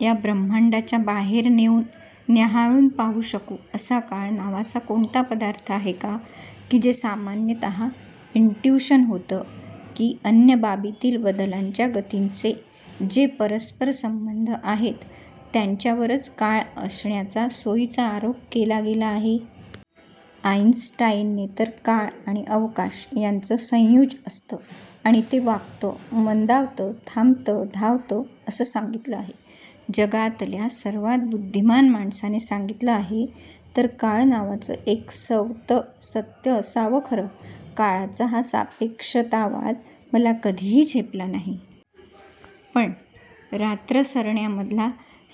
या ब्रह्मांडाच्या बाहेर नेऊन न्याहाळून पाहू शकू असा काळ नावाचा कोणता पदार्थ आहे का? कि जे सामान्यतः इंट्यूशन होतं कि अन्य बाबींतील बदलांच्या गतींचे जे परस्परसंबंध आहेत त्यांच्यावरच काळ असण्याचा सोयीचा आरोप केला गेला आहे? आईनस्टाईनने तर काळ आणि अवकाश यांचं संयुज असतं आणि ते वाकतं, मंदावतं, थांबतं, धावतं असं सांगितलं आहे. जगातल्या सर्वात बुद्धिमान माणसाने सांगितलं आहे तर काळ नावाचं एक सवतं सत्य असावं खरं. काळाचा हा सापेक्षतावाद मला कधीही झेपला नाही. पण रात्र सरण्यामधला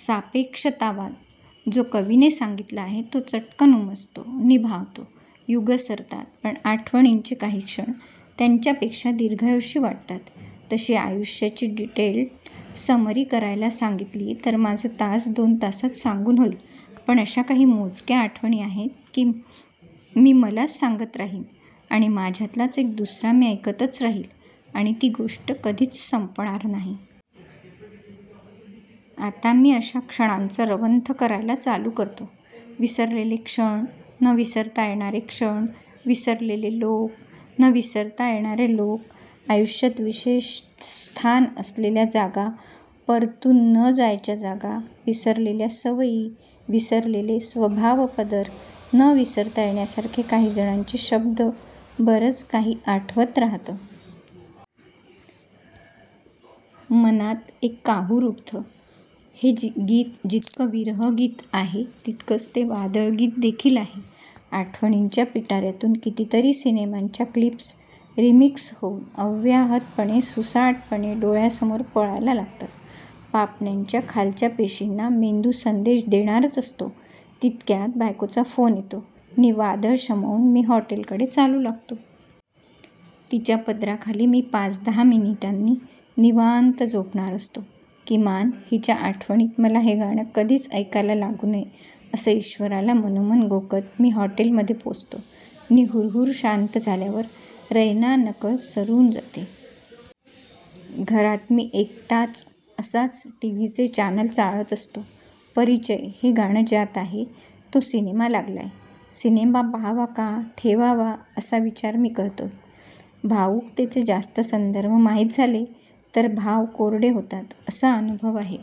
सापेक्षतावाद जो कवीने सांगितला आहे तो चटकन उमजतो नि भावतो. युगं सरतात पण आठवणींचे काही क्षण त्यांच्यापेक्षा दीर्घायुषी वाटतात. तशी आयुष्याची डिटेल्ड समरी करायला सांगितली तर माझं तास दोन तासांत सांगून होईल, पण अशा काही मोजक्या आठवणी आहेत, मी मलाच सांगत राहीन आणि माझ्यातलाच एक दुसरा मी ऐकतच राहील आणि ती गोष्ट कधीच संपणार नाही. आता मी अशा क्षणांचं रवंथ करायला चालू करतो. विसरलेले क्षण, न विसरता येणारे क्षण, विसरलेले लोक, न विसरता येणारे लोक, आयुष्यात विशेष स्थान असलेल्या जागा, परतून न जायच्या जागा, विसरलेल्या सवयी, विसरलेले स्वभावपदर, न विसरता येण्यासारखे काही जणांचे शब्द, बरंच काही आठवत राहतं. मनात एक काहूर उठतं. हे गीत जितकं विरहगीत आहे तितकंच ते वादळगीत देखील आहे. आठवणींच्या पिटाऱ्यातून कितीतरी सिनेमांच्या क्लिप्स रिमिक्स होऊन अव्याहतपणे सुसाटपणे डोळ्यासमोर पळायला लागतात. पापण्यांच्या खालच्या पेशींना मेंदू संदेश देणारच असतो तितक्यात बायकोचा फोन येतो नि वादळ शमवून मी हॉटेलकडे चालू लागतो. तिच्या पदराखाली मी पाच-दहा मिनिटांनी निवांत झोपणार असतो. किमान हिच्या आठवणींत मला हे गाणं कधीच ऐकायला लागू नये असं ईश्वराला मनोमन घोकत मी हॉटेलमध्ये पोचतो नि हुरहुर शांत झाल्यावर रैना नकळत सरून जाते. घरात मी एकटाच असाच टीव्हीचे चॅनेल चाळत असतो. परिचय, हे गाणं ज्यात आहे तो सिनेमा लागलाय. सिनेमा पाहावा का ठेवावा असा विचार मी करतोय. भावूकतेचे जास्त संदर्भ माहीत झाले तर भाव कोरडे होतात असा अनुभव आहे.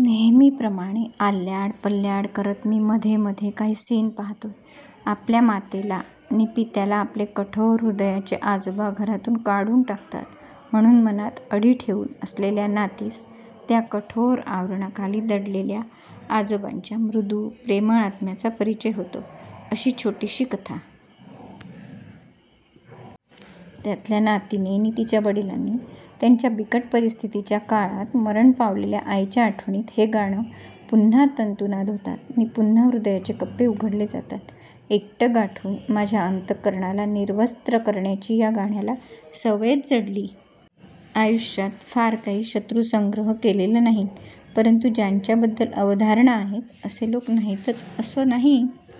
नेहमीप्रमाणे आल्याड पल्याड करत मी मधे मधे काही सीन पाहतोय. आपल्या मातेला नि पित्याला आपले कठोर हृदयाचे आजोबा घरातून काढून टाकतात म्हणून मनात अढी ठेवून असलेल्या नातीस त्या कठोर आवरणाखाली दडलेल्या आजोबांच्या मृदू, प्रेमळ आत्म्याचा परिचय होतो अशी छोटीशी कथा! त्यातल्या नातीने नि तिच्या वडिलांनी त्यांच्या बिकट परिस्थितीच्या काळात मरण पावलेल्या आईच्या आठवणीत हे गाणं. पुन्हा तंतुनाद होतात नि पुन्हा हृदयाचे कप्पे उघडले जातात. एकटं गाठून माझ्या अंतःकरणाला निर्वस्त्र करण्याची या गाण्याला सवयच जडलीय. आयुष्यात फार काही शत्रुसंग्रह केलेला नाहीय परंतु ज्यांच्याबद्दल अवधारणा आहेत असे लोक नाहीतच असं नाही.